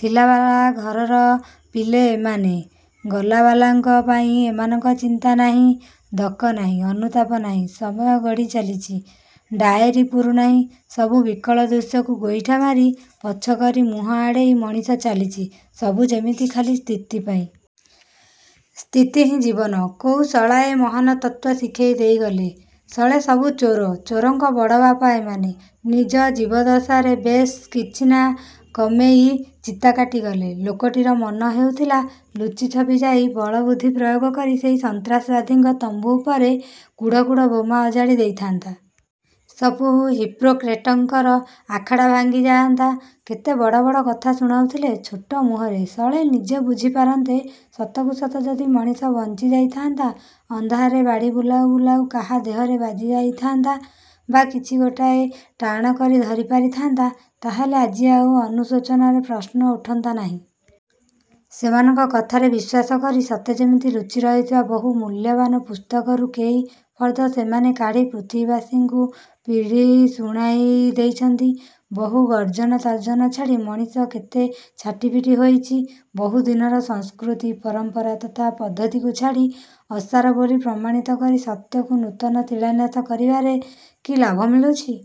ଥିଲାବାଲା ଘରର ପିଲେ ଏମାନେ। ଗଲାବାଲାଙ୍କ ପାଇଁ ଏମାନଙ୍କର ଚିନ୍ତା ନାହିଁ। ଦକ ନାହିଁ। ଅନୁତାପ ନାଇଁ। ସମୟ ଗଡ଼ି ଚାଲିଛି। ଡାଏରି ପୂରୁ ନାହିଁ। ସବୁ ବିକଳ ଦୃଶ୍ୟକୁ ଗୋଇଠାମାରି ପଛକରି ମୁହଁ ଆଡ଼େଇ ମଣିଷ ଚାଲିଛି। ସବୁ ଯେମିତି ଖାଲି ସ୍ଥିତି ପାଇଁ। ସ୍ଥିତିହିଁ ଜୀବନ। କୋଉ ଶଳାଏ ଏ ମହାନ୍ ତତ୍ତ୍ୱ ଶିଖେଇ ଦେଇଗଲେ! ଶଳେ ସବୁ ଚୋର। ଚୋରଙ୍କ ବଡ଼ବାପ ଏମାନେ-। ନିଜ ଜୀବଦଶାରେ ବେଶ୍ କିଛି ନାଁ କମେଇ ଚିତାକାଟି ଗଲେ। ଲୋକଟିର ମନ ହେଉଥିଲା ଲୁଚିଛପି ଯାଇ ବଳବୁଦ୍ଧି ପ୍ରୟୋଗ କରି ସେଇ ସନ୍ତ୍ରାସବାଦୀଙ୍କ ତମ୍ୱୁ ଉପରେ କୁଢ଼ କୁଢ଼ ବୋମା ଅଜାଡ଼ି ଦେଇଥାଆନ୍ତା। ସବୁ ହିପୋକ୍ରେଟଙ୍କର ଆଖଡ଼ା ଭାଙ୍ଗିଯାଆନ୍ତା। କେତେ ବଡ଼ ବଡ଼ କଥା ଶୁଣାଉଥିଲେ ଛୋଟ ମୁହଁରେ, ଶଳେ ନିଜେ ବୁଝିପାରନ୍ତେ। ସତକୁ ସତ ଯଦି ମଣିଷ ବଞ୍ଚିଯାଇ ଥାଆନ୍ତା, ଅନ୍ଧାରରେ ବାଡ଼ି ବୁଲାଉ ବୁଲାଉ କାହା ଦେହରେ ବାଜି ଯାଇଥାନ୍ତା ବା କିଛି ଗୋଟାଏ ଟାଣ କରି ଧରିପାରିଥାନ୍ତା ତା'ହେଲେ ଆଜି ଆଉ ଅନୁଶୋଚନାର ପ୍ରଶ୍ନ ଉଠନ୍ତା ନାହିଁ। ସେମାନଙ୍କ କଥାରେ ବିଶ୍ୱାସ କରି, ସତେ ଯେମିତି ଲୁଚି ରହିଥିବା ବହୁ ମୂଲ୍ୟବାନ ପୁସ୍ତକରୁ କେଇ ଫର୍ଦ୍ଦ ସେମାନେ କାଢ଼ି ପୃଥିବୀବାସୀଙ୍କୁ ପଢ଼ି ଶୁଣେଇ ଦେଇଛନ୍ତି। ବହୁ ଗର୍ଜନତର୍ଜନ ଛାଡ଼ି ମଣିଷ କେତେ ଛାଟିପିଟି ହୋଇଚି। ବହୁଦିନର ସଂସ୍କୃତି, ପରମ୍ପରା, ପ୍ରଥା ପଦ୍ଧତିକୁ ଛାଡ଼ି, ଅସାରବୋଲି ପ୍ରମାଣିତ କରି ସତ୍ୟର ନୂତନ ଶିଳାନ୍ୟାସ କରିବାରେ କି ଲାଭ ମିଳିଛି?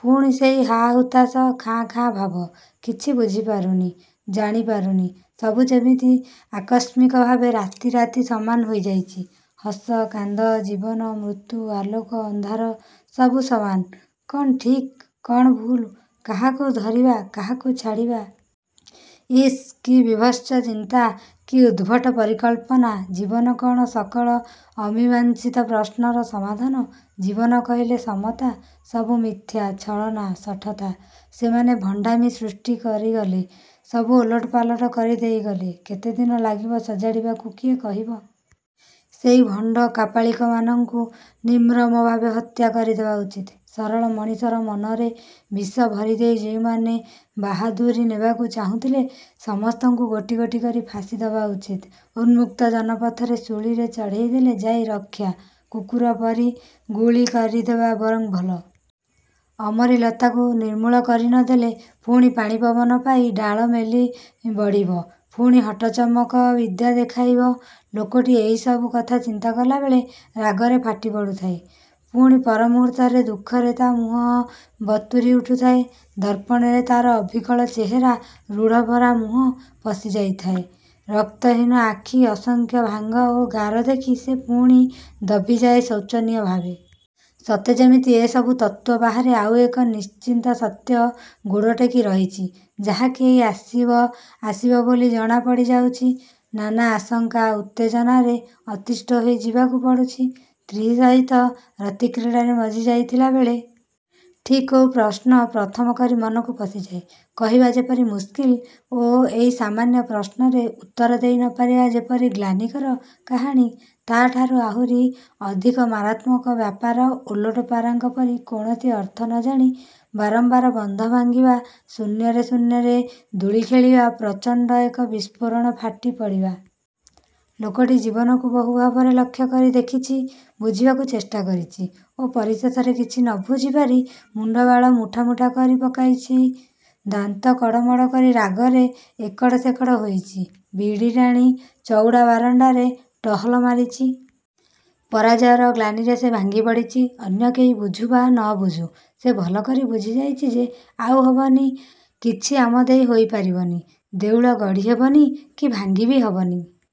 ପୁଣି ସେଇ ହା ହୁତାଶ, ଖାଁ ଖାଁ ଭାବ। କିଛି ବୁଝିପାରୁନି। ଜାଣିପାରୁନି। ସବୁ ଯେମିତି ଆକସ୍ମିକ ଭାବେ ରାତାରାତି ସମାନ ହୋଇଯାଇଚି। ହସ କାନ୍ଦ, ଜୀବନ ମୃତ୍ୟୁ, ଆଲୋକ ଅନ୍ଧାର ସବୁ ସମାନ। କ'ଣ ଠିକ୍? କ'ଣ ଭୁଲ? କାହାକୁ ଧରିବା? କାହାକୁ ଛାଡ଼ିବା? ଇସ୍, କି ବୀଭତ୍ସ ଚିନ୍ତା! କି ଉଦ୍ଭଟ ପରିକଳ୍ପନା!! ଜୀବନ କ'ଣ ସକଳ ଅମୀମାଂସିତ ପ୍ରଶ୍ନର ସମାଧାନ? ଜୀବନ କହିଲେ ସମତା? ସବୁ ମିଥ୍ୟା, ଛଳନା, ଶଠତା। ସେମାନେ ଭାଣ୍ଡାମି ସୃଷ୍ଟି କରିଗଲେ। ସବୁ ଓଲଟ ପାଲଟ କରିଦେଇ ଗଲେ। କେତେ ଦିନ ଲାଗିବ ସଜାଡ଼ିବାକୁ କିଏ କହିବ! ସେଇ ଭଣ୍ଡ କାପାଳିକମାନଙ୍କୁ ନିର୍ମମଭାବେ ହତ୍ୟା କରିଦେବା ଉଚିତ। ସରଳ ମଣିଷର ମନରେ ବିଷ ଭରିଦେଇ ଯେଉଁମାନେ ବାହାଦୁରି ନେବାକୁ ଚାହିଁଥିଲେ ସମସ୍ତଙ୍କୁ ଗୋଟି ଗୋଟି କରି ଫାଶୀ ଦବା ଉଚିତ। ଉନ୍ମୁକ୍ତ ଜନପଥରେ ଶୂଳୀରେ ଚଢ଼େଇ ଦେଲେ ଯାଇ ରକ୍ଷା। କୁକୁର ପରି ଗୁଳି କରିଦେବା ବରଂ ଭଲ। ଅମରୀ ଲତାକୁ ନିର୍ମୂଳ କରି ନଦେଲେ ପୁଣି ପାଣିପବନ ପାଇ ଡାଳ ମେଲି ବଢ଼ିବ। ପୁଣି ହଟଚମକ ବିଦ୍ୟା ଦେଖାଇବ। ଲୋକଟି ଏଇସବୁ କଥା ଚିନ୍ତା କଲାବେଳେ ରାଗରେ ଫାଟିପଡ଼ୁଥାଏ। ପୁଣି ପର ମୁହୂର୍ତ୍ତରେ ଦୁଃଖରେ ତା' ମୁହଁ ବତୁରି ଉଠୁଥାଏ। ଦର୍ପଣରେ ତା'ର ଅବିକଳ ଚେହେରା, ରୁଢ଼ଭରା ମୁହଁ, ପଶି ଯାଇଥିବା ରକ୍ତହୀନ ଆଖି, ଅସଂଖ୍ୟ ଭାଙ୍ଗ ଓ ଗାର ଦେଖି ସେ ପୁଣି ଦବିଯାଏ ଶୋଚନୀୟଭାବେ। ସତେ ଯେମିତି ଏ ସବୁ ତତ୍ତ୍ୱ ବାହାରେ ଆଉ ଏକ ନିଶ୍ଚିତ ସତ୍ୟ ଗୋଡ଼ ଟେକି ରହିଚି ଯାହା କି ଏଇ ଆସିବ ଆସିବ ବୋଲି ଜଣାପଡ଼ି ଯାଉଚି। ନାନା ଆଶଙ୍କା, ଉତ୍ତେଜନାରେ ଅତିଷ୍ଠ ହୋଇ ଯିବାକୁ ପଡ଼ୁଚି। ସ୍ତ୍ରୀ ସହିତ ରତିକ୍ରୀଡ଼ାରେ ମଜ୍ଜି ଯାଇଥିଲାବେଳେ ଠିକ୍ କୋଉ ପ୍ରଶ୍ନ ପ୍ରଥମ କରି ମନକୁ ପଶିଯାଏ କହିବା ଯେପରି ମୁସ୍କିଲ ଓ ଏଇ ସାମାନ୍ୟ ପ୍ରଶ୍ନରେ ଉତ୍ତର ଦେଇ ନ ପାରିବା ଯେପରି ଗ୍ଳାନିକର କାହାଣୀ–ତା'ଠାରୁ ଆହୁରି ଅଧିକ ମାରାତ୍ମକ ବ୍ୟାପାର ଓଲଟପାରାଙ୍କ ପରି କୌଣସି ଅର୍ଥ ନଜାଣି ବାରମ୍ୱାର ବନ୍ଧ ଭାଙ୍ଗିବା ଶୂନ୍ୟରେ ଶୂନ୍ୟରେ ଦୋଳି ଖେଳିବା, ପ୍ରଚଣ୍ଡ ଏକ ବିସ୍ଫୋରଣରେ ଫାଟି ପଡ଼ିବା। ଲୋକଟି ଜୀବନକୁ ବହୁ ଭାବରେ ଲକ୍ଷ୍ୟ କରି ଦେଖିଚି। ବୁଝିବାକୁ ଚେଷ୍ଟା କରିଚି ଓ ପରିଶେଷରେ କିଛି ନବୁଝି ପାରି ମୁଣ୍ଡବାଳ ମୁଠା ମୁଠା କରି ପକାଇଚି। ଦାନ୍ତ କଡ଼ମଡ଼ କରି ରାଗରେ ଏକଡ଼ ସେକଡ଼ ହୋଇଚି। ବିଡ଼ି ଟାଣି ଚଉଡ଼ା ବାରଣ୍ଡାରେ ଟହଲ ମାରିଚି। ପରାଜୟର ଗ୍ଳାନିରେ ସେ ଭାଙ୍ଗି ପଡ଼ିଚି। ଅନ୍ୟ କେହି ବୁଝୁ ବା ନବୁଝୁ ସେ ଭଲକରି ବୁଝିଯାଇଚି ଯେ ଆଉ ହବନି। କିଛି ଆମଦେଇ ହୋଇ ପାରିବନି। ଦେଉଳ ଗଢ଼ି ହେବନି କି ଭାଙ୍ଘି ବି ହବନି।